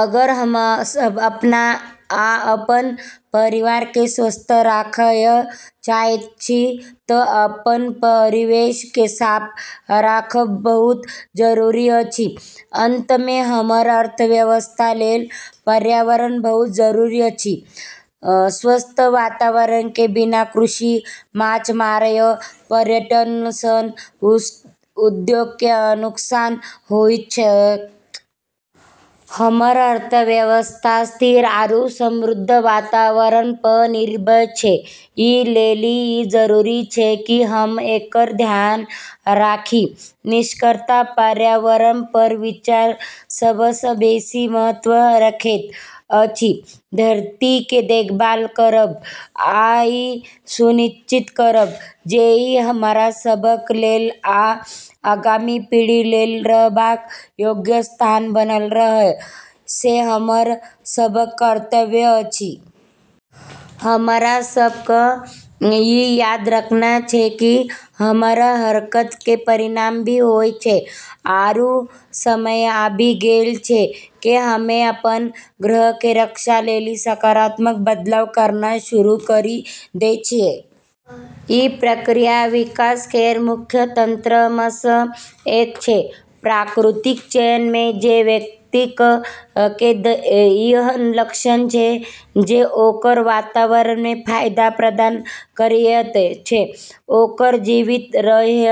अगर हम सब अपना आ अपन परिवार के स्वस्थ राखय चाहैत छी त अपन परिवेश के साफ राखब बहुत जरूरी अछि। अंत मे, हमर अर्थव्यवस्था लेल पर्यावरण बहुत जरूरी अछि। स्वस्थ वातावरण के बिना कृषि, माछ मारय, पर्यटन सन उद्योग के नुकसान होइत छैक. हमरऽ अर्थव्यवस्था स्थिर आरू समृद्ध वातावरण प॑ निर्भर छै, ई लेली ई जरूरी छै कि हम्मं॑ एकरऽ ध्यान राखी। निष्कर्षतः पर्यावरण पर विचार सबसँ बेसी महत्व रखैत अछि। धरती के देखभाल करब आ ई सुनिश्चित करब जे ई हमरा सभक लेल आ आगामी पीढ़ी लेल रहबाक योग्य स्थान बनल रहय से हमर सभक कर्तव्य अछि। हमरा सब क॑ ई याद रखना छै कि हमरऽ हरकत के परिणाम भी होय छै, आरू समय आबी गेलऽ छै कि हम्में अपनऽ ग्रह के रक्षा लेली सकारात्मक बदलाव करना शुरू करी दै छियै। ई प्रक्रिया विकास केरऽ मुख्य तंत्रऽ म॑ स॑ एक छै। प्राकृतिक चयन मे, जे व्यक्तिक कें एहन लक्षण छै जे ओकर वातावरण मे फायदा प्रदान करएयत छै, ओकर जीवित रहएय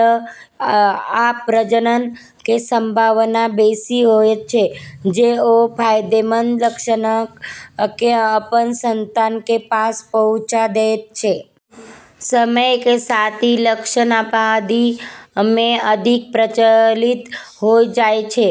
आ प्रजनन कें संभावना बेसि होयत छै, जे ओ फायदेमंद लक्षणक कें अपन संतान कें पास पहुंचा दैत छै. समय के साथ ई लक्षण आबादी में अधिक प्रचलित होय जाय छै,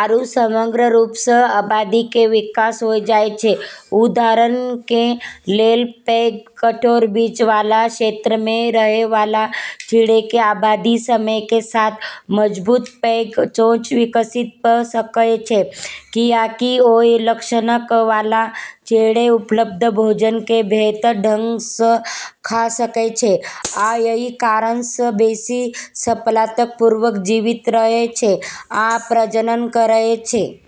आरू समग्र रूप स॑ आबादी के विकास होय जाय छै। उदाहरण कें लेल, पैघ, कठोर बीज वाला क्षेत्र मे रहय वाला चिड़ै कें आबादी समय कें साथ मजबूत, पैघ चोंच विकसित भ सकय छै, कियाकि ओय लक्षणक वाला चिड़ै उपलब्ध भोजन कें बेहतर ढंग सं खा सकय छै आ अइ कारण सं बेसि सफलतापूर्वक जीवित रहय छै आ प्रजनन करय छै.